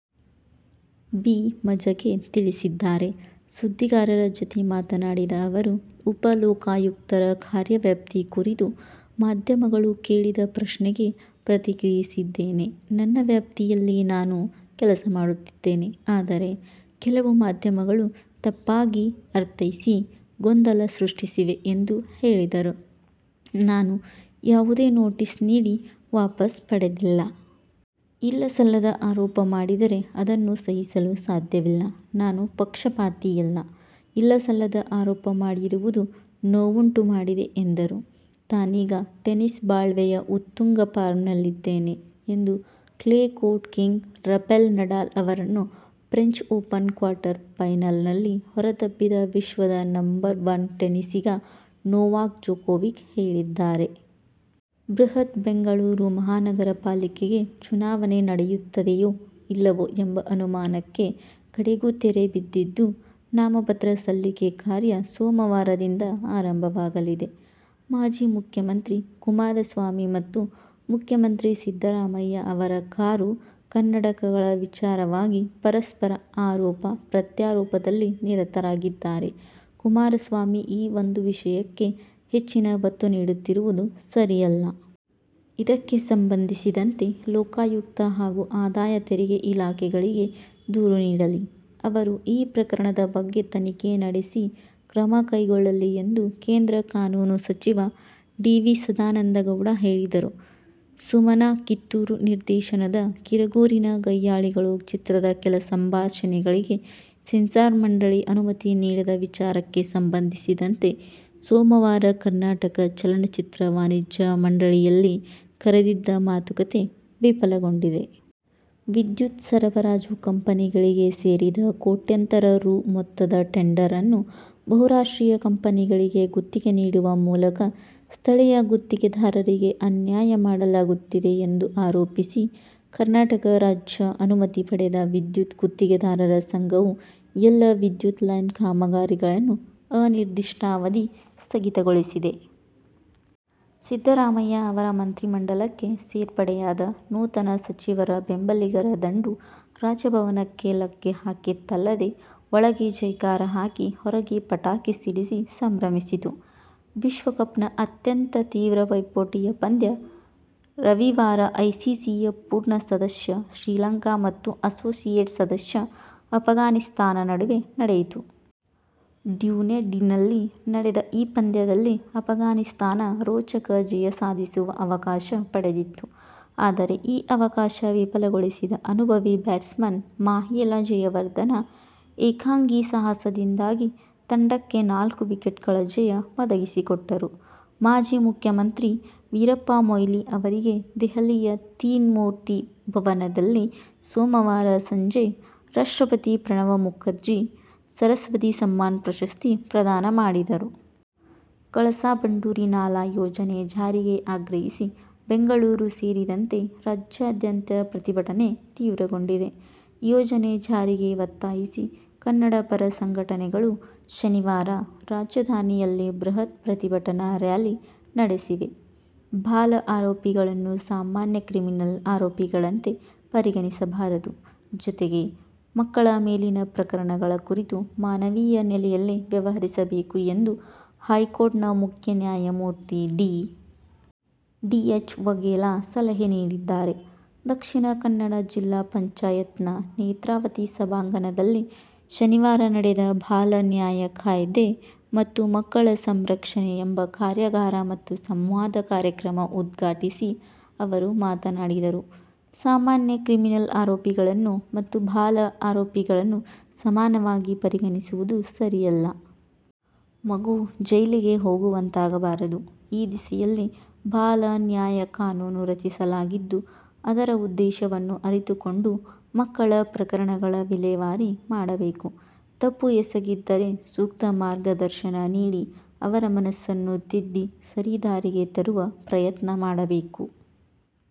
B. Majage ತಿಳಿಸಿದ್ದಾರೆ. ಸುದ್ದಿಗಾರರ ಜತೆ ಮಾತನಾಡಿದ ಅವರು, ಉಪಲೋಕಾಯುಕ್ತರ ಕಾರ್ಯವ್ಯಾಪ್ತಿ ಕುರಿತು ಮಾಧ್ಯಮಗಳು ಕೇಳಿದ ಪ್ರಶ್ನೆಗೆ ಪ್ರತಿಕ್ರಿಯಿಸಿದ್ದೇನೆ. ನನ್ನ ವ್ಯಾಪ್ತಿಯಲ್ಲಿ ನಾನು ಕೆಲಸ ಮಾಡುತ್ತಿದ್ದೇನೆ. ಆದರೆ, ಕೆಲವು ಮಾಧ್ಯಮಗಳು ತಪ್ಪಾಗಿ ಅರ್ಥೈಸಿ ಗೊಂದಲ ಸೃಷ್ಟಿಸಿವೆ ಎಂದು ಹೇಳಿದರು. ನಾನು ಯಾವುದೇ ನೊಟೀಸ್ ನೀಡಿ ವಾಪಸ್ ಪಡೆದಿಲ್ಲ. ಇಲ್ಲ-ಸಲ್ಲದ ಆರೋಪ ಮಾಡಿದರೆ ಅದನ್ನು ಸಹಿಸಲು ಸಾಧ್ಯವಿಲ್ಲ. ನಾನು ಪಕ್ಷಪಾತಿಯಲ್ಲ. ಇಲ್ಲ-ಸಲ್ಲದ ಆರೋಪ ಮಾಡಿರುವುದು ನೋವುಂಟು ಮಾಡಿದೆ ಎಂದರು. ತಾನೀಗ ಟೆನಿಸ್ ಬಾಳ್ವೆಯ ಉತ್ತುಂಗ ಫಾರ್ಮ್ನಲ್ಲಿದ್ದೇನೆ ಎಂದು "clay court king' Rafael Nadal ಅವರನ್ನು ಫ್ರೆಂಚ್ ಓಪನ್ ಕ್ವಾರ್ಟರ್ ಫೈನಲ್ನಲ್ಲಿ ಹೊರದಬ್ಬಿದ ವಿಶ್ವದ ನಂಬರ್ ವನ್ ಟೆನಿಸಿಗ ನೊವಾಕ್ ಜೊಕೋವಿಕ್ ಹೇಳಿದ್ದಾರೆ. ಬೃಹತ್ ಬೆಂಗಳೂರು ಮಹಾನಗರ ಪಾಲಿಕೆ ಗೆ ಚುನಾವಣೆ ನಡೆಯುತ್ತದೆಯೋ ಇಲ್ಲವೋ ಎಂಬ ಅನುಮಾನಕ್ಕೆ ಕಡೆಗೂ ತೆರೆ ಬಿದ್ದಿದ್ದು, ನಾಮಪತ್ರ ಸಲ್ಲಿಕೆ ಕಾರ್ಯ ಸೋಮವಾರದಿಂದ ಆರಂಭವಾಗಲಿದೆ. ಮಾಜಿ ಮುಖ್ಯಮಂತ್ರಿ ಕುಮಾರಸ್ವಾಮಿ ಮತ್ತು ಮುಖ್ಯಮಂತ್ರಿ ಸಿದ್ದರಾಮಯ್ಯ ಅವರು ಕಾರು, ಕನ್ನಡಕಗಳ ವಿಚಾರವಾಗಿ ಪರಸ್ಪರ ಆರೋಪ-ಪ್ರತ್ಯಾರೋಪದಲ್ಲಿ ನಿರತರಾಗಿದ್ದಾರೆ. ಕುಮಾರಸ್ವಾಮಿ ಈ ಒಂದು ವಿಷಯಕ್ಕೆ ಹೆಚ್ಚಿನ ಒತ್ತು ನೀಡುತ್ತಿರುವುದು ಸರಿಯಲ್ಲ. ಇದಕ್ಕೆ ಸಂಬಂಧಿಸಿದಂತೆ ಲೋಕಾಯುಕ್ತ ಹಾಗೂ ಆದಾಯ ತೆರಿಗೆ ಇಲಾಖೆಗಳಿಗೆ ದೂರು ನೀಡಲಿ. ಅವರು ಈ ಪ್ರಕರಣದ ಬಗ್ಗೆ ತನಿಖೆ ನಡೆಸಿ ಕ್ರಮ ಕೈಗೊಳ್ಳಲಿ ಎಂದು ಕೇಂದ್ರ ಕಾನೂನು ಸಚಿವ ಡಿ. ವಿ. ಸದಾನಂದ ಗೌಡ ಹೇಳಿದರು. ಸುಮನಾ ಕಿತ್ತೂರು ನಿರ್ದೇಶನದ ಕಿರಗೂರಿನ ಗಯ್ನಾಳಿಗಳು ಚಿತ್ರದ ಕೆಲ ಸಂಭಾಷಣೆಗಳಿಗೆ ಸೆನ್ಸಾರ್ ಮಂಡಳಿ ಅನುಮತಿ ನೀಡದ ವಿಚಾರಕ್ಕೆ ಸಂಬಂಧಿಸಿದಂತೆ ಸೋಮವಾರ ಕರ್ನಾಟಕ ಚಲನಚಿತ್ರ ವಾಣಿಜ್ಯ ಮಂಡಳಿಯಲ್ಲಿ ಕರೆದಿದ್ದ ಮಾತುಕತೆ ವಿಫಲಗೊಂಡಿದೆ. ವಿದ್ಯುತ್ ಸರಬರಾಜು ಕಂಪನಿಗಳಿಗೆ ಸೇರಿದ ಕೋಟ್ಯಂತರ ರೂ. ಮೊತ್ತದ ಟೆಂಡರ್ ಅನ್ನು ಬಹುರಾಷ್ಟ್ರೀಯ ಕಂಪನಿಗಳಿಗೆ ಗುತ್ತಿಗೆ ನೀಡುವ ಮೂಲಕ ಸ್ಥಳೀಯ ಗುತ್ತಿಗೆದಾರರಿಗೆ ಅನ್ಯಾಯ ಮಾಡಲಾಗುತ್ತಿದೆ ಎಂದು ಆರೋಪಿಸಿ ಕರ್ನಾಟಕ ರಾಜ್ಯ ಅನುಮತಿ ಪಡೆದ ವಿದ್ಯುತ್ ಗುತ್ತಿಗೆದಾರರ ಸಂಘವು ಎಲ್ಲ ವಿದ್ಯುತ್ ಲೈನ್ ಕಾಮಗಾರಿಗಳನ್ನು ಅನಿರ್ದಿಷ್ಟಾವಧಿ ಸ್ಥಗಿತಗೊಳಿಸಿದೆ. ಸಿದ್ದರಾಮಯ್ಯ ಅವರ ಮಂತ್ರಿಮಂಡಲಕ್ಕೆ ಸೇರ್ಪಡೆಯಾದ ನೂತನಸಚಿವರ ಬೆಂಬಲಿಗರ ದಂಡು ರಾಜಭವನಕ್ಕೆ ಲಗ್ಗೆ ಹಾಕಿತ್ತಲ್ಲದೆ ಒಳಗೆ ಜೈಕಾರ ಹಾಕಿ ಹೊರಗೆ ಪಟಾಕಿ ಸಿಡಿಸಿ ಸಂಭ್ರಮಿಸಿತು. ವಿಶ್ವ ಕಪ್ನ ಅತ್ಯಂತ ತೀವ್ರ ಪೈಪೋಟಿಯ ಪಂದ್ಯ ರವಿವಾರ ಐಸಿಸಿಯ ಪೂರ್ಣ ಸದಸ್ಯ ಶ್ರೀಲಂಕಾ ಮತ್ತು ಅಸೋಸಿಯೇಟ್ ಸದಸ್ಯ ಅಫ್ಘಾನಿಸ್ಥಾನ ನಡುವೆ ನಡೆಯಿತು. ಡ್ಯುನೆಡಿನ್ನಲ್ಲಿ ನಡೆದ ಈ ಪಂದ್ಯದಲ್ಲಿ ಅಫ್ಘಾನಿಸ್ಥಾನ ರೋಚಕ ಜಯ ಸಾಧಿಸುವ ಅವಕಾಶ ಪಡೆದಿತ್ತು. ಆದರೆ ಈ ಅವಕಾಶ ವಿಫಲಗೊಳಿಸಿದ ಅನುಭವಿ ಬ್ಯಾಟ್ಸ್ಮನ್ ಮಾಹೇಲ ಜಯವರ್ಧನ ಏಕಾಂಗಿ ಸಾಹಸದಿಂದಾಗಿ ತಂಡಕ್ಕೆ ನಾಲ್ಕು ವಿಕೆಟ್ಗಳ ಜಯ ಒದಗಿಸಿಕೊಟ್ಟರು. ಮಾಜಿ ಮುಖ್ಯಮಂತ್ರಿ ವೀರಪ್ಪ ಮೊಯ್ಲಿ ಅವರಿಗೆ ದೆಹಲಿಯ ತೀನ್ ಮೂರ್ತಿ ಭವನದಲ್ಲಿ ಸೋಮವಾರ ಸಂಜೆ ರಾಷ್ಟ್ರಪತಿ ಪ್ರಣವ ಮುಖರ್ಜಿ ಸರಸ್ವತಿ ಸಮ್ಮಾನ್ ಪ್ರಶಸ್ತಿ ಪ್ರದಾನ ಮಾಡಿದರು. ಕಳಸಾ ಬಂಡೂರಿ ನಾಲಾ ಯೋಜನೆ ಜಾರಿಗೆ ಆಗ್ರಹಿಸಿ ಬೆಂಗಳೂರು ಸೇರಿದಂತೆ ರಾಜ್ಯಾದ್ಯಂತ ಪ್ರತಿಭಟನೆ ತೀವ್ರಗೊಂಡಿದೆ. ಯೋಜನೆ ಜಾರಿಗೆ ಒತ್ತಾಯಿಸಿ ಕನ್ನಡಪರ ಸಂಘಟನೆಗಳು ಶನಿವಾರ ರಾಜಧಾನಿಯಲ್ಲಿ ಬೃಹತ್ ಪ್ರತಿಭಟನಾ ರಾಲಿ ನಡೆಸಿವೆ. ಬಾಲ ಆರೋಪಿಗಳನ್ನು ಸಾಮಾನ್ಯ ಕ್ರಿಮಿನಲ್ ಆರೋಪಿಗಳಂತೆ ಪರಿಗಣಿಸಬಾರದು. ಜತೆಗೆ, ಮಕ್ಕಳ ಮೇಲಿನ ಪ್ರಕರಣಗಳ ಕುರಿತು ಮಾನವೀಯ ನೆಲೆಯಲ್ಲಿ ವ್ಯವಹರಿಸಬೇಕು ಎಂದು ಹೈಕೋರ್ಟ್ ಮುಖ್ಯ ನ್ಯಾಯಮೂರ್ತಿ ಡಿ. ಎಚ್. ವಘೇಲಾ ಸಲಹೆ ನೀಡಿದ್ದಾರೆ. ದಕ್ಷಿಣ ಕನ್ನಡ ಜಿಲ್ಲಾ ಪಂಚಾಯತ್ನ ನೇತ್ರಾವತಿ ಸಭಾಂಗಣದಲ್ಲಿ ಶನಿವಾರ ನಡೆದ "ಬಾಲ ನ್ಯಾಯ ಕಾಯ್ದೆ' ಮತ್ತು ಮಕ್ಕಳ ಸಂರಕ್ಷಣೆ ಎಂಬ ಕಾರ್ಯಾಗಾರ ಮತ್ತು ಸಂವಾದ ಕಾರ್ಯಕ್ರಮ ಉದ್ಘಾಟಿಸಿ ಅವರು ಮಾತನಾಡಿದರು. ಸಾಮಾನ್ಯ ಕ್ರಿಮಿನಲ್ ಆರೋಪಿಗಳನ್ನು ಮತ್ತು ಬಾಲ ಆರೋಪಿಗಳನ್ನು ಸಮಾನವಾಗಿ ಪರಿಗಣಿಸುವುದು ಸರಿಯಲ್ಲ. ಮಗು ಜೈಲಿಗೆ ಹೋಗುವಂತಾಗಬಾರದು. ಈ ದಿಸೆಯಲ್ಲಿ ಬಾಲ ನ್ಯಾಯ ಕಾನೂನು ರಚಿಸಲಾಗಿದ್ದು, ಅದರ ಉದ್ದೇಶವನ್ನು ಅರಿತುಕೊಂಡು ಮಕ್ಕಳ ಪ್ರಕರಣಗಳ ವಿಲೇವಾರಿ ಮಾಡಬೇಕು. ತಪ್ಪು ಎಸಗಿದ್ದರೆ ಸೂಕ್ತ ಮಾರ್ಗದರ್ಶನ ನೀಡಿ ಅವರ ಮನಸ್ಸನ್ನು ತಿದ್ದಿ ಸರಿ ದಾರಿಗೆ ತರುವ ಪ್ರಯತ್ನ ಮಾಡಬೇಕು.